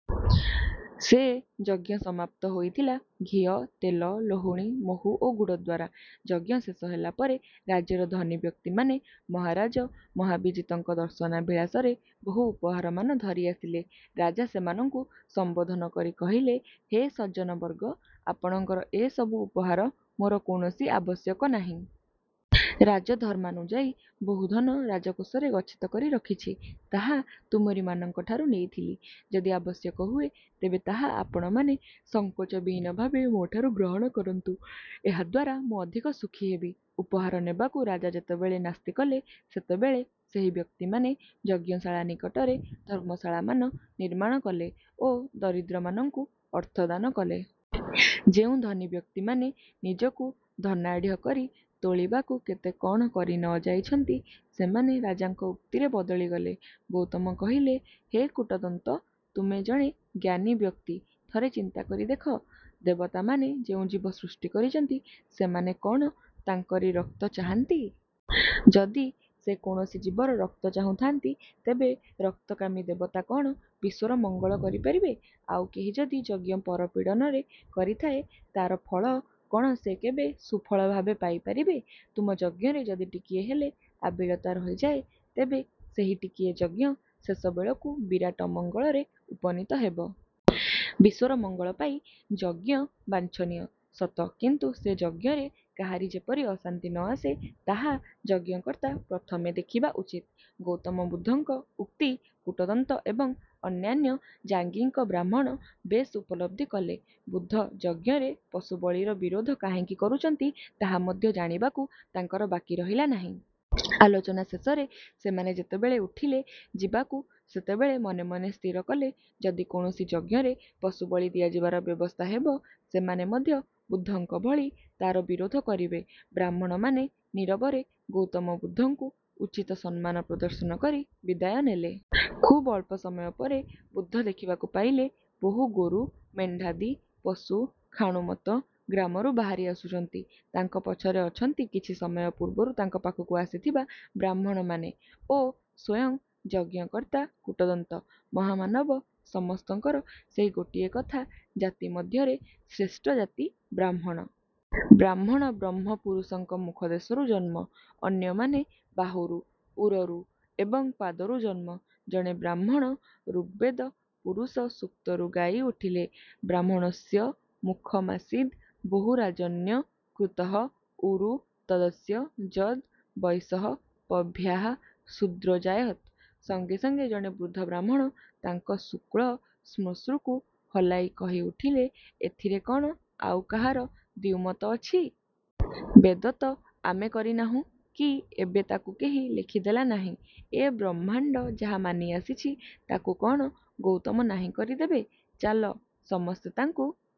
ସେ ଯଜ୍ଞ ସମାପ୍ତ ହୋଇଥିଲା ଘିଅ, ତେଲ, ଲହୁଣୀ, ମହୁ ଓ ଗୁଡ଼ଦ୍ୱାରା। ଯଜ୍ଞ ଶେଷ ହେଲାପରେ ରାଜ୍ୟର ଧନୀ ବ୍ୟକ୍ତିମାନେ ମହାରାଜ ମହାବିଜିତଙ୍କ ଦର୍ଶନାଭିଳାଷରେ ବହୁ ଉପହାରମାନ ଧରି ଆସିଲେ। ରାଜା ସେମାନଙ୍କୁ ସମ୍ୱୋଧନ କରି କହିଲେ ହେ ସଜ୍ଜନବର୍ଗ! ଆପଣଙ୍କର ଏ ସବୁ ଉପହାର ମୋର କୌଣସି ଆବଶ୍ୟକ ନାହିଁ। ରାଜଧର୍ମାନୁଯାୟୀ ବହୁ ଧନ ରାଜକୋଷରେ ଗଚ୍ଛିତ କରି ରଖିଛି। ତାହା ତୁମରିମାନଙ୍କଠାରୁ ନେଇଥିଲି। ଯଦି ଆବଶ୍ୟକ ହୁଏ ତେବେ ତାହା ଆପଣମାନେ ସଂକୋଚବିହୀନ ଭାବେ ମୋଠାରୁ ଗ୍ରହଣ କରନ୍ତୁ। ଏହାଦ୍ୱାରା ମୁଁ ଅଧିକ ସୁଖୀ ହେବି। ଉପହାର ନେବାକୁ ରାଜା ଯେତେବେଳେ ନାସ୍ତିକଲେ ସେତେବେଳେ ସେହି ବ୍ୟକ୍ତିମାନେ ଯଜ୍ଞଶାଳା ନିକଟରେ ଧର୍ମଶାଳାମାନ ନିର୍ମାଣ କଲେ ଓ ଦରିଦ୍ରମାନଙ୍କୁ ଅର୍ଥ ଦାନ କଲେ। ଯେଉଁ ଧନୀ ବ୍ୟକ୍ତିମାନେ ନିଜକୁ ଧନାଢ଼୍ୟ କରି ତୋଳିବାକୁ କେତେ କଣ କରି ନ ଯାଇଛନ୍ତି ସେମାନେ ରାଜାଙ୍କ ଉକ୍ତିରେ ବଦଳିଗଲେ। ଗୌତମ କହିଲେ, ହେ କୂଟଦନ୍ତ ତୁମେ ଜଣେ ଜ୍ଞାନୀ ବ୍ୟକ୍ତି। ଥରେ ଚିନ୍ତାକରି ଦେଖ ଦେବତାମାନେ ଯେଉଁ ଜୀବ ସୃଷ୍ଟି କରିଛନ୍ତି ସେମାନେ କଣ ତାଙ୍କରି ରକ୍ତ ଚାହାନ୍ତି? ଯଦି ସେ କୌଣସି ଜୀବର ରକ୍ତ ଚାହୁଁଥାନ୍ତି ତେବେ ରକ୍ତକାମୀ ଦେବତା କଣ ବିଶ୍ୱର ମଙ୍ଗଳ କରିପାରିବେ? ଆଉ କେହି ଯଦି ଯଜ୍ଞ ପରପୀଡ଼ନରେ କରିଥାଏ, ତାର ଫଳ କଣ ସେ କେବେ ସୁଫଳଭାବେ ପାଇ ପାରିବେ? ତୁମ ଯଜ୍ଞରେ ଯଦି ଟିକିଏ ହେଲେ ଆବିଳତା ରହିଯାଏ ତେବେ ସେହି ଟିକିଏ ଯଜ୍ଞ ଶେଷ ବେଳକୁ ବିରାଟ ଅମଙ୍ଗଳରେ ଉପନୀତ ହେବ। ବିଶ୍ୱର ମଙ୍ଗଳ ପାଇଁ ଯଜ୍ଞ ବାଞ୍ଛନୀୟ ସତ କିନ୍ତୁ ସେ ଯଜ୍ଞରେ କାହାରି ଯେପରି ଅଶାନ୍ତି ନ ଆସେ ତାହା ଯଜ୍ଞକର୍ତ୍ତା ପ୍ରଥମେ। ଦେଖିବା ଉଚିତ। ଗୌତମ ବୁଦ୍ଧଙ୍କ ଉକ୍ତି କୂଟଦନ୍ତ ଏବଂ ଅନ୍ୟାନ୍ୟ ଯାଜ୍ଞିକ ବ୍ରାହ୍ମଣ ବେଶ୍ ଉପଲବ୍ଧି କଲେ-। ବୁଦ୍ଧ ଯଜ୍ଞରେ ପଶୁବଳିର ବିରୋଧ କାହିଁକି କରୁଛନ୍ତି ତାହା ମଧ୍ୟ ଜାଣିବାକୁ ତାଙ୍କର ବାକି ରହିଲା ନାହିଁ। ଆଲୋଚନା ଶେଷରେ ସେମାନେ ଯେତେବେଳେ ଉଠିଲେ ଯିବାକୁ ସେତେବେଳେ ମନେ ମନେ ସ୍ଥିର କଲେ ଯଦି କୌଣସି ଯଜ୍ଞରେ ପଶୁବଳି ଦିଆଯିବାର ବ୍ୟବସ୍ଥା ହେବ ସେମାନେ ମଧ୍ୟ ବୁଦ୍ଧଙ୍କ ଭଳି ତାର ବିରୋଧ କରିବେ। ବ୍ରାହ୍ମଣମାନେ ନୀରବରେ ଗୌତମ ବୁଦ୍ଧଙ୍କୁ ଉଚିତ ସମ୍ମାନ ପ୍ରଦର୍ଶନ କରି ବିଦାୟ ନେଲେ। ଖୁବ୍ ଅଳ୍ପ ସମୟ ପରେ ବୁଦ୍ଧ ଦେଖିବାକୁ ପାଇଲେ ବହୁ ଗୋରୁ ମେଣ୍ଢାଦି ପଶୁ ଖାଣୁମତ ଗ୍ରାମରୁ ବାହାରି ଆସୁଛନ୍ତି। ତାଙ୍କ ପଛରେ ଅଛନ୍ତି କିଛି ସମୟ ପୂର୍ବରୁ ତାଙ୍କ ପାଖକୁ ଆସିଥିବା ବ୍ରାହ୍ମଣମାନେ ଓ ସ୍ୱୟଂ ଯଜ୍ଞ କର୍ତ୍ତା କୂଟଦନ୍ତ। ମହାମାନବ ସମସ୍ତଙ୍କର ସେହି ଗୋଟିଏ କଥା, ଜାତି ମଧ୍ୟରେ ଶ୍ରେଷ୍ଠ ଜାତି ବ୍ରାହ୍ମଣ। ବ୍ରାହ୍ମଣ ବ୍ରହ୍ମ ପୁରୁଷଙ୍କ ମୁଖ ଦେଶରୁ ଜନ୍ମ—ଅନ୍ୟମାନେ ବାହୁରୁ, ଉରୁରୁ ଏବଂ ପାଦରୁ ଜନ୍ମ। ଜଣେ ବ୍ରାହ୍ମଣ ଋଗବେଦ ପୁରୁଷ ସୂକ୍ତରୁ ଗାଇ ଉଠିଲେ— 'ବ୍ରାହ୍ମଣୋଽସ୍ୟ ମୁଖ ମାସୀଦ୍ ବହୁ ରାଜନ୍ୟ କୃତଃ ଉରୁ ତଦସ୍ୟ ଯଦ୍ ବୈଶଃ ପଦ୍ଭ୍ୟାଂ ଶୂଦ୍ରୋଽଜାୟତ' ସଙ୍ଗେସଙ୍ଗେ ଜଣେ ବୃଦ୍ଧ ବ୍ରାହ୍ମଣ ତାଙ୍କ ଶୁକ୍ଳ ସ୍ମଶୃକୁ ହଲାଇ କହି ଉଠିଲେ, ଏଥିରେ କ'ଣ ଆଉ କାହାର ଦ୍ୱିମତ ଅଛି? ବେଦ ତ ଆମେ କରି ନାହୁଁ କି ଏବେ ତାକୁ କେହି ଲେଖିଦେଲା ନାହିଁ, ଏ ବ୍ରହ୍ମାଣ୍ଡ ଯାହା ମାନିଆସିଛି ତାକୁ କଣ ଗୌତମ ନାହିଁ କରିଦେବେ? ଚାଲ ସମସ୍ତେ ତାଙ୍କୁ